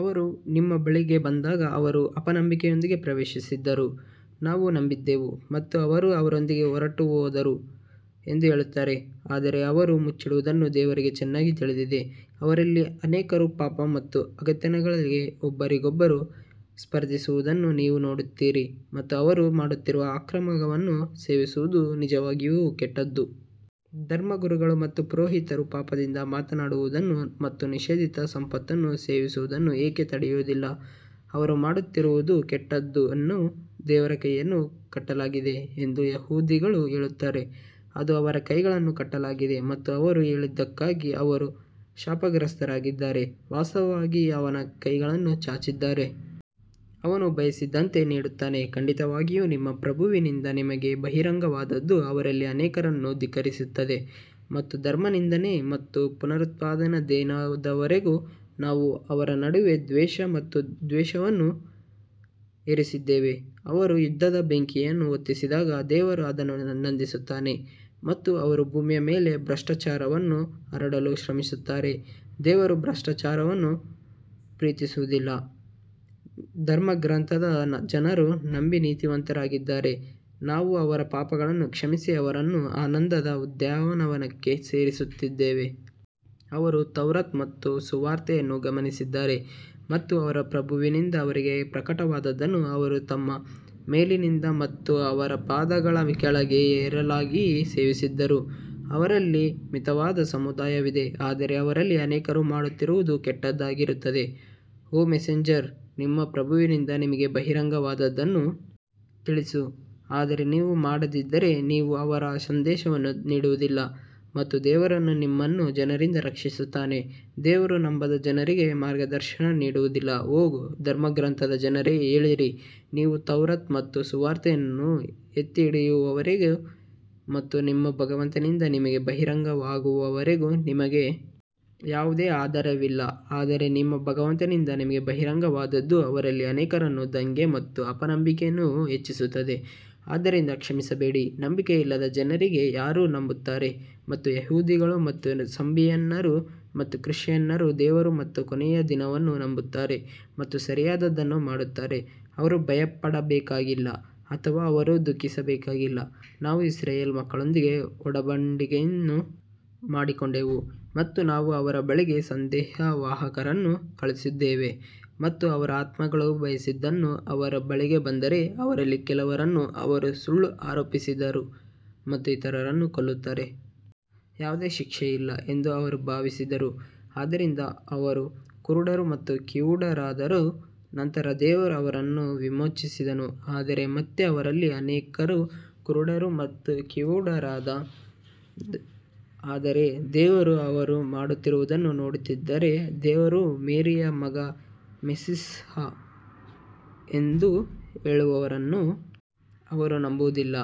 ಅವರು ನಿಮ್ಮ ಬಳಿಗೆ ಬಂದಾಗ ಅವರು ಅಪನಂಬಿಕೆಯೊಂದಿಗೆ ಪ್ರವೇಶಿಸಿದ್ದರೂ ನಾವು ನಂಬಿದ್ದೇವೆ ಮತ್ತು ಅವರು ಅದರೊಂದಿಗೆ ಹೊರಟುಹೋದರು ಎಂದು ಹೇಳುತ್ತಾರೆ ಆದರೆ ಅವರು ಮುಚ್ಚಿಡುವುದನ್ನು ದೇವರಿಗೆ ಚೆನ್ನಾಗಿ ತಿಳಿದಿದೆ. ಅವರಲ್ಲಿ ಅನೇಕರು ಪಾಪ ಮತ್ತು ಹಗೆತನದಲ್ಲಿ ಒಬ್ಬರಿಗೊಬ್ಬರು ಸ್ಪರ್ಧಿಸುವುದನ್ನು ನೀವು ನೋಡುತ್ತೀರಿ ಮತ್ತು ಅವರು ಮಾಡುತ್ತಿರುವ ಅಕ್ರಮವನ್ನು ಸೇವಿಸುವುದು ನಿಜವಾಗಿಯೂ ಕೆಟ್ಟದು. ಧರ್ಮಗುರುಗಳು ಮತ್ತು ಪುರೋಹಿತರು ಪಾಪದಿಂದ ಮಾತನಾಡುವುದನ್ನು ಮತ್ತು ನಿಷೇಧಿತ ಸಂಪತ್ತನ್ನು ಸೇವಿಸುವುದನ್ನು ಏಕೆ ತಡೆಯುವುದಿಲ್ಲ, ಅವರು ಮಾಡುತ್ತಿರುವುದು ಕೆಟ್ಟದ್ದನ್ನು ದೇವರ ಕೈಯನ್ನು ಕಟ್ಟಲಾಗಿದೆ ಎಂದು ಯಹೂದಿಗಳು ಹೇಳುತ್ತಾರೆ, ಅದು ಅವರ ಕೈಗಳನ್ನು ಕಟ್ಟಲಾಗಿದೆ ಮತ್ತು ಅವರು ಹೇಳಿದ್ದಕ್ಕಾಗಿ ಅವರು ಶಾಪಗ್ರಸ್ತರಾಗಿದ್ದಾರೆ ವಾಸ್ತವವಾಗಿ ಅವನ ಕೈಗಳನ್ನು ಚಾಚಿದ್ದಾರೆ ಅವನು ಬಯಸಿದಂತೆ ನೀಡುತ್ತಾನೆ, ಖಂಡಿತವಾಗಿಯೂ ನಿಮ್ಮ ಪ್ರಭುವಿನಿಂದ ನಿಮಗೆ ಬಹಿರಂಗವಾದದ್ದು ಅವರಲ್ಲಿ ಅನೇಕರನ್ನು ಧಿಕ್ಕರಿಸುತ್ತದೆ ಮತ್ತು ಧರ್ಮನಿಂದನೆ ಮತ್ತು ಪುನರುತ್ಥಾನದ ದಿನದವರೆಗೆ ನಾವು ಅವರ ನಡುವೆ ದ್ವೇಷ ಮತ್ತು ದ್ವೇಷವನ್ನು ಇರಿಸಿದ್ದೇವೆ ಅವರು ಯುದ್ಧದ ಬೆಂಕಿಯನ್ನು ಹೊತ್ತಿಸಿದಾಗ ದೇವರು ಅದನ್ನು ನಂದಿಸುತ್ತಾನೆ ಮತ್ತು ಅವರು ಭೂಮಿಯ ಮೇಲೆ ಭ್ರಷ್ಟಾಚಾರವನ್ನು ಹರಡಲು ಶ್ರಮಿಸುತ್ತಾರೆ ದೇವರು ಭ್ರಷ್ಟರನ್ನು ಪ್ರೀತಿಸುವುದಿಲ್ಲ ಧರ್ಮಗ್ರಂಥದ ಜನರು ನಂಬಿ ನೀತಿವಂತರಾಗಿದ್ದರೆ ನಾವು ಅವರ ಪಾಪಗಳನ್ನು ಕ್ಷಮಿಸಿ ಅವರನ್ನು ಆನಂದದ ಉದ್ಯಾನವನಕ್ಕೆ ಸೇರಿಸುತ್ತಿದ್ದೆವು. ಅವರು ತೌರಾತ್ ಮತ್ತು ಸುವಾರ್ತೆಯನ್ನು ಗಮನಿಸಿದ್ದರೆ ಮತ್ತು ಅವರ ಪ್ರಭುವಿನಿಂದ ಅವರಿಗೆ ಪ್ರಕಟವಾದದ್ದನ್ನು ಅವರು ತಮ್ಮ ಮೇಲಿನಿಂದ ಮತ್ತು ಅವರ ಪಾದಗಳ ಕೆಳಗೆ ಹೇರಳವಾಗಿ ಸೇವಿಸುತ್ತಿದ್ದರು ಅವರಲ್ಲಿ ಮಿತವಾದ ಸಮುದಾಯವಿದೆ ಆದರೆ ಅವರಲ್ಲಿ ಅನೇಕರು ಮಾಡುತ್ತಿರುವುದು ಕೆಟ್ಟದ್ದಾಗಿರುತ್ತದೆ. ಓ ಮೆಸೆಂಜರ್, ನಿಮ್ಮ ಪ್ರಭುವಿನಿಂದ ನಿಮಗೆ ಬಹಿರಂಗವಾದದ್ದನ್ನು ತಿಳಿಸು ಆದರೆ ನೀವು ಮಾಡದಿದ್ದರೆ ನೀವು ಅವರ ಸಂದೇಶವನ್ನು ನೀಡುವುದಿಲ್ಲ ಮತ್ತು ದೇವರು ನಿಮ್ಮನ್ನು ಜನರಿಂದ ರಕ್ಷಿಸುತ್ತಾನೆ, ದೇವರು ನಂಬದ ಜನರಿಗೆ ಮಾರ್ಗದರ್ಶನ ನೀಡುವುದಿಲ್ಲ ಓ ಧರ್ಮಗ್ರಂಥದ ಜನರೇ ಹೇಳಿರಿ, ನೀವು ತೌರಾತ್ ಮತ್ತು ಸುವಾರ್ತೆಯನ್ನು ಎತ್ತಿಹಿಡಿಯುವವರೆಗೆ ಮತ್ತು ನಿಮ್ಮ ಭಗವಂತನಿಂದ ನಿಮಗೆ ಬಹಿರಂಗವಾಗುವವರೆಗೆ ನಿಮಗೆ ಯಾವುದೇ ಆಧಾರವಿಲ್ಲ ಆದರೆ ನಿಮ್ಮ ಭಗವಂತನಿಂದ ನಿಮಗೆ ಬಹಿರಂಗವಾದದ್ದು ಅವರಲ್ಲಿ ಅನೇಕರನ್ನು ದಂಗೆ ಮತ್ತು ಅಪನಂಬಿಕೆಯನ್ನು ಹೆಚ್ಚಿಸುತ್ತದೆ ಆದ್ದರಿಂದ ಕ್ಷಮಿಸಬೇಡಿ ನಂಬಿಕೆಯಿಲ್ಲದ ಜನರಿಗೆ ಯಾರು ನಂಬುತ್ತಾರೆ ಮತ್ತು ಯಹೂದಿಗಳು ಮತ್ತು ಸಬಿಯನ್ನರು ಮತ್ತು ಕ್ರಿಶ್ಚಿಯನ್ನರು ದೇವರು ಮತ್ತು ಕೊನೆಯ ದಿನವನ್ನು ನಂಬುತ್ತಾರೆ ಮತ್ತು ಸರಿಯಾದದ್ದನ್ನು ಮಾಡುತ್ತಾರೆ, ಅವರು ಭಯಪಡಬೇಕಾಗಿಲ್ಲ ಅಥವಾ ಅವರು ದುಃಖಿಸಬೇಕಾಗಿಲ್ಲ ನಾವು ಇಸ್ರಾಯೇಲ್ ಮಕ್ಕಳೊಂದಿಗೆ ಒಡಂಬಡಿಕೆಯನ್ನು ಮಾಡಿಕೊಂಡೆವು ಮತ್ತು ನಾವು ಅವರ ಬಳಿಗೆ ಸಂದೇಶವಾಹಕರನ್ನು ಕಳುಹಿಸಿದ್ದೇವೆ ಮತ್ತು ಅವರ ಆತ್ಮಗಳು ಬಯಸದಿದ್ದನ್ನು ಅವರ ಬಳಿಗೆ ಬಂದರೆ, ಅವರಲ್ಲಿ ಕೆಲವರನ್ನು ಅವರು ಸುಳ್ಳು ಆರೋಪಿಸಿದರು ಮತ್ತು ಇತರರನ್ನು ಕೊಲ್ಲುತ್ತಾರೆ. ಯಾವುದೇ ಶಿಕ್ಷೆ ಇಲ್ಲ ಎಂದು ಅವರು ಭಾವಿಸಿದರು ಆದ್ದರಿಂದ ಅವರು ಕುರುಡರು ಮತ್ತು ಕಿವುಡರಾದರು ನಂತರ ದೇವರು ಅವರನ್ನು ವಿಮೋಚಿಸಿದನು ಆದರೆ ಮತ್ತೆ ಅವರಲ್ಲಿ ಅನೇಕರು ಕುರುಡರು ಮತ್ತು ಕಿವುಡರಾದರು ಆದರೆ ದೇವರು ಅವರು ಮಾಡುತ್ತಿರುವುದನ್ನು ನೋಡುತ್ತಿದ್ದಾರೆ ದೇವರು ಮೇರಿಯ ಮಗ ಮೆಸ್ಸಿಹ್ ಎಂದು ಹೇಳುವವರನ್ನು ಅವರು ನಂಬುವುದಿಲ್ಲ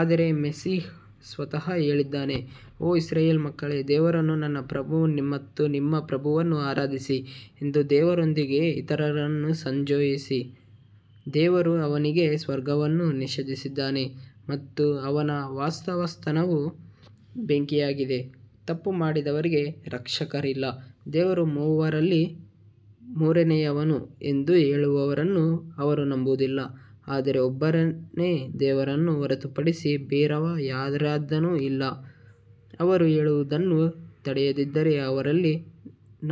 ಆದರೆ ಮೆಸ್ಸಿಹ್ ಸ್ವತಃ ಹೇಳಿದ್ದಾನೆ ಓ ಇಸ್ರಾಯೇಲ್ ಮಕ್ಕಳೇ ದೇವರನ್ನು ನನ್ನ ಪ್ರಭು ಮತ್ತು ನಿಮ್ಮ ಪ್ರಭುವನ್ನು ಆರಾಧಿಸಿ ಎಂದು ದೇವರೊಂದಿಗೆ ಇತರರನ್ನು ಸಂಯೋಜಿಸುವ ದೇವರು ಅವನಿಗೆ ಸ್ವರ್ಗವನ್ನು ನಿಷೇಧಿಸಿದ್ದಾನೆ ಮತ್ತು ಅವನ ವಾಸಸ್ಥಾನವು ಬೆಂಕಿಯಾಗಿದೆ ತಪ್ಪು ಮಾಡಿದವರಿಗೆ ರಕ್ಷಕರಿಲ್ಲ ದೇವರು ಮೂವರಲ್ಲಿ ಮೂರನೆಯವನು ಎಂದು ಹೇಳುವವರನ್ನು ಅವರು ನಂಬುವುದಿಲ್ಲ ಆದರೆ ಒಬ್ಬನೇ ದೇವರನ್ನು ಹೊರತುಪಡಿಸಿ ಬೇರಾವ ಆರಾಧ್ಯನೂ ಇಲ್ಲ, ಅವರು ಹೇಳುವುದನ್ನು ತಡೆಯದಿದ್ದರೆ ಅವರಲ್ಲಿ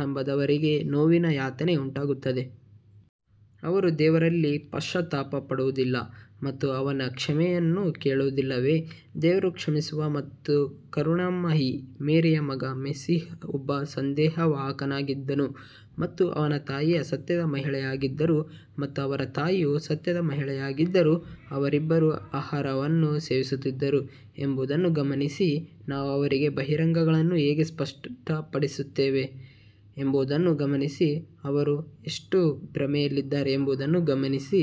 ನಂಬದವರಿಗೆ ನೋವಿನ ಯಾತನೆ ಉಂಟಾಗುತ್ತದೆ. ಅವರು ದೇವರಲ್ಲಿ ಪಶ್ಚಾತ್ತಾಪ ಪಡುವುದಿಲ್ಲ ಮತ್ತು ಅವನ ಕ್ಷಮೆಯನ್ನು ಕೇಳುವುದಿಲ್ಲವೇ ದೇವರು ಕ್ಷಮಿಸುವ ಮತ್ತು ಕರುಣಾಮಯಿ ಮೇರಿಯ ಮಗ ಮೆಸ್ಸಿಹ್ ಒಬ್ಬ ಸಂದೇಶವಾಹಕನಾಗಿದ್ದನು ಮತ್ತು ಅವನ ತಾಯಿಯು ಸತ್ಯದ ಮಹಿಳೆಯಾಗಿದ್ದರು ಮತ್ತು ಅವರ ತಾಯಿಯು ಸತ್ಯದ ಮಹಿಳೆಯಾಗಿದ್ದರು ಅವರಿಬ್ಬರೂ ಆಹಾರವನ್ನು ಸೇವಿಸುತ್ತಿದ್ದರು ಎಂಬುದನ್ನು ಗಮನಿಸಿ ನಾವು ಅವರಿಗೆ ಬಹಿರಂಗಗಳನ್ನು ಹೇಗೆ ಸ್ಪಷ್ಟಪಡಿಸುತ್ತೇವೆ ಎಂಬುದನ್ನು ಗಮನಿಸಿ ಅವರು ಎಷ್ಟು ಭ್ರಮೆಯಲ್ಲಿದ್ದಾರೆ ಎಂಬುದನ್ನು ಗಮನಿಸಿ.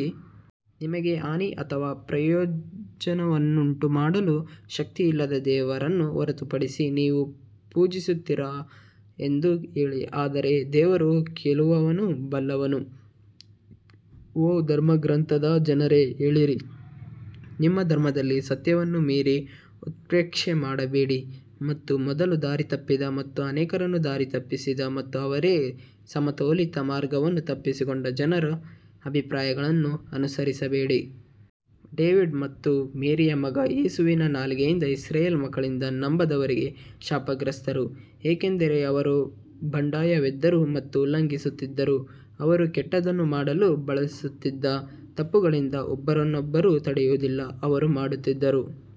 ನಿಮಗೆ ಹಾನಿ ಅಥವಾ ಪ್ರಯೋಜನವನ್ನುಂಟುಮಾಡಲು ಶಕ್ತಿಯಿಲ್ಲದ ದೇವರನ್ನು ಹೊರತುಪಡಿಸಿ ನೀವು ಪೂಜಿಸುತ್ತೀರಾ ಎಂದು ಹೇಳಿ ಆದರೆ ದೇವರು ಕೇಳುವವನು ಬಲ್ಲವನು ಓ ಧರ್ಮಗ್ರಂಥದ ಜನರೇ ಹೇಳಿರಿ, ನಿಮ್ಮ ಧರ್ಮದಲ್ಲಿ ಸತ್ಯವನ್ನು ಮೀರಿ ಉತ್ಪ್ರೇಕ್ಷೆ ಮಾಡಬೇಡಿ ಮತ್ತು ಮೊದಲು ದಾರಿತಪ್ಪಿದ ಮತ್ತು ಅನೇಕರನ್ನು ದಾರಿತಪ್ಪಿಸಿದ ಮತ್ತು ಅವರೇ ಸಮತೋಲಿತ ಮಾರ್ಗವನ್ನು ತಪ್ಪಿಸಿಕೊಂಡ ಜನರ ಅಭಿಪ್ರಾಯಗಳನ್ನು ಅನುಸರಿಸಬೇಡಿ. ಡೇವಿಡ್ ಮತ್ತು ಮೇರಿಯ ಮಗ ಯೇಸುವಿನ ನಾಲಿಗೆಯಿಂದ ಇಸ್ರಾಯೇಲ್ ಮಕ್ಕಳಿಂದ ನಂಬದವರಿಗೆ ಶಾಪಗ್ರಸ್ತರು, ಏಕೆಂದರೆ ಅವರು ಬಂಡಾಯವೆದ್ದರು ಮತ್ತು ಉಲ್ಲಂಘಿಸುತ್ತಿದ್ದರು ಅವರು ಕೆಟ್ಟದ್ದನ್ನು ಮಾಡಲು ಬಳಸುತ್ತಿದ್ದ ತಪ್ಪುಗಳಿಂದ ಒಬ್ಬರನ್ನೊಬ್ಬರು ತಡೆಯುವುದಿಲ್ಲ, ಅವರು ಮಾಡುತ್ತಿದ್ದರು.